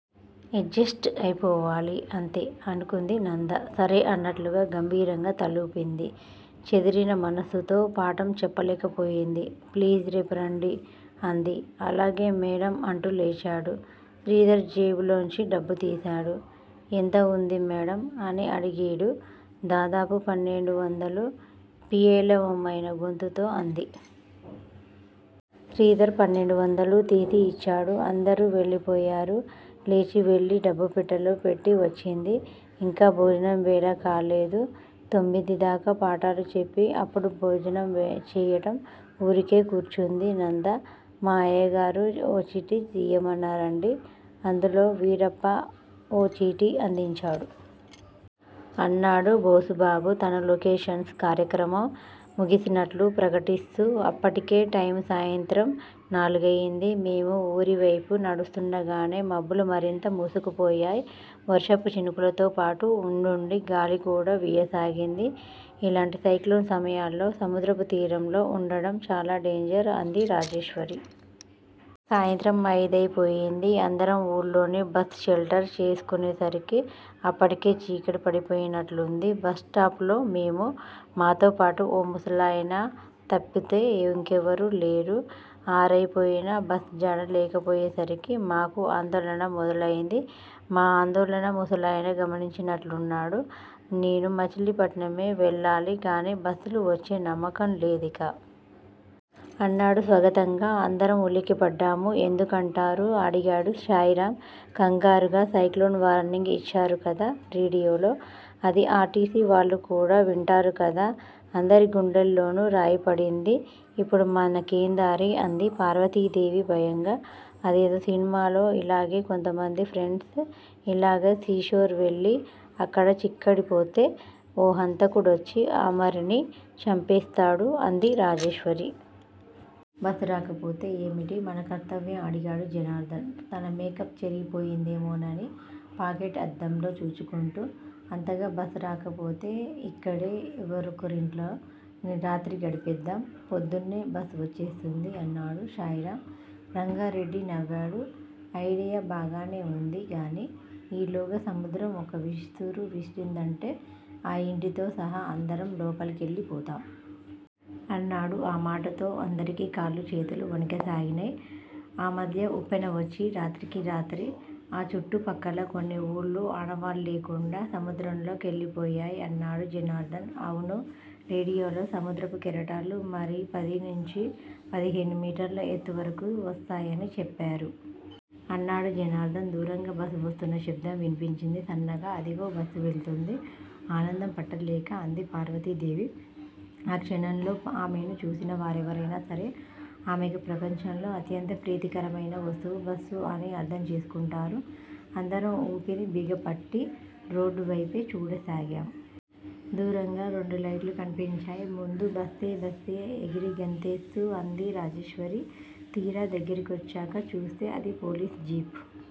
ఎడ్ just అయిపోవాలి అంతే!! అనుకుంది నంద. సరే అన్నట్లుగా గంభీరంగా తలూపింది. చెదిరిన మనస్సుతో పాఠం చెప్పలేకపోయింది. ప్లీజ్! రేపురండీ! అంది. అలాగే మేడమ్! అంటూ లేచాడు. శ్రీధర్ జేబులోంచి డబ్బు తీశాడు. ఎంత వుంది మేడమ్! అని అడిగేడు. దాదాపు పన్నెండువందలు! పేలవమైన గొంతుతో అంది. శ్రీధర్ పన్నెండువందలూ తీసి యిచ్చాడు. అందరూ వెళ్ళిపోయారు. లేచి వెళ్ళి డబ్బు పెట్టెలో పెట్టి వచ్చింది. ఇంకా భోజనం వేళ కాలేదు. తొమ్మిది దాకా పాఠాలు చెప్పి అప్పుడు భోజనం చేయటం. ఊరికే కూర్చుంది నంద. మా అయ్యగారు ఈ చీటీ ఇవ్వమన్నారండీ అంటూ వీరప్ప ఓ చీటీ అందించాడు. అన్నాడు బోసుబాబు తన లొకేషన్స్ కార్యక్రమం ముగిసినట్లు ప్రకటిస్తూ. అప్పటికే టైము సాయంత్రం నాలుగయింది. మేము ఊరివేపు నడుస్తూండగానే మబ్బులు మరింత మూసుకుపోయాయ్. వర్షపు చినుకులతో పాటు ఉండుండి గాలికూడా వీయసాగింది. ఇలాంటి సైక్లోన్ సమయాల్లో సముద్రపు తీరంలో ఉండడం చాలా డేంజర్- అంది రాజేశ్వరి. సాయంత్రం అయిదయిపోయింది. అందరం ఊళ్ళోని బస్ షెల్టర్ చేసుకునేసరికి అప్పటికే చీకటి పడిపోయినట్లుంది. బస్ స్టాప్ లో మేమూ, మాతోపాటు ఓ ముసలాయనా తప్పుతే ఇంకెవరూ లేరు. ఆరయిపోయినా బస్ జాడ లేకపోయేసరికి మాకు ఆందోళన మొదలయింది. మా ఆందోళన ముసలాయన గమనించినట్లున్నాడు. నేనూ మచిలీపట్నమే వెళ్ళాలి గానీ- బస్ లు వచ్చే నమ్మకం లేదిక! అన్నాడు స్వగతంగా. అందరం ఉలిక్కిపడ్డాము. ఎందుకంటారు? అడిగాడు శాయిరామ్ ఖంగారుగా. సైక్లోన్ వార్నింగ్ ఇచ్చారు కదా రేడియోలో? అదీ ఆర్టీసీ వాళ్ళు కూడా వింటారు కదా! అందరి గుండెల్లోనూ రాయిపడింది. ఇప్పుడు మనకేందారి? అంది పార్వతీదేవి భయంగా. అదేదో సినిమాలో ఇలాగే కొంతమంది ఫ్రెండ్స్ ఇలాగే సీషోర్ వెళ్ళి అక్కడ చిక్కడిపోతే ఓ హంతకుడొచ్చి అమరినీ చంపేస్తాడు- అంది రాజేశ్వరి. బస్ రాకపోతే ఏమిటి మన కర్తవ్యం? అడిగాడు జనార్ధన్ తన మేకప్ చెరగిపోయిందేమోనని పాకెట్ అద్దంలో చూచుకుంటూ. అంతగా బస్ రాకపోతే- ఇక్కడే ఎవరొకరింట్లో రాత్రి గడిపేద్దాం! పొద్దున్నే బస్ వచ్చేస్తుంది అన్నాడు శాయిరామ్. రంగారెడ్డి నవ్వాడు. అయిడియా బాగానే ఉంది గానీ ఈలోగా సముద్రం ఒక్క విస్తూరు విసిరిందంటే ఆ ఇంటితో సహా అందరం లోపలికెళ్ళిపోతాం! అన్నాడు. ఆ మాటతో అందరికీ కాళ్ళూ చేతులు వణకసాగినయ్. ఆ మధ్య ఉప్పెనవచ్చి రాత్రికిరాత్రి ఆ చుట్టు పక్కల కొన్ని ఊళ్ళు ఆనవాల్లేకుండా సముద్రంలో కెళ్ళిపోయాయ్ అన్నాడు జనార్ధన్. అవును! రేడియోలో సముద్రపు కెరటాలు మరీ పది నుంచి పదిహేను మీటర్ల ఎత్తువరకు వస్తాయని చెప్పారు! అన్నాడు జనార్ధన్. దూరంగా బస్ వస్తున్న శబ్దం వినిపించింది సన్నగా. అదిగో! బస్సు వెళ్తోంది! ఆనందం పట్టలేక అంది పార్వతీదేవి. ఆ క్షణంలో ఆమెను చూసిన వారెవరయినా సరే- ఆమెకు ప్రపంచంలో అత్యంత ప్రీతికరమయిన వస్తువు 'బస్సు' అని అర్థం చేసుకుంటారు. అందరం ఊపిరి బిగపట్టి రోడ్ వేపే చూడసాగాం! దూరంగా రెండు లైట్లు కనిపించాయ్ ముందు. బస్సే-బస్సే ఎగిరి గంతేస్తూ అంది రాజేశ్వరి. తీరా దగ్గర కొచ్చాక చూస్తే అది పోలీస్ జీప్.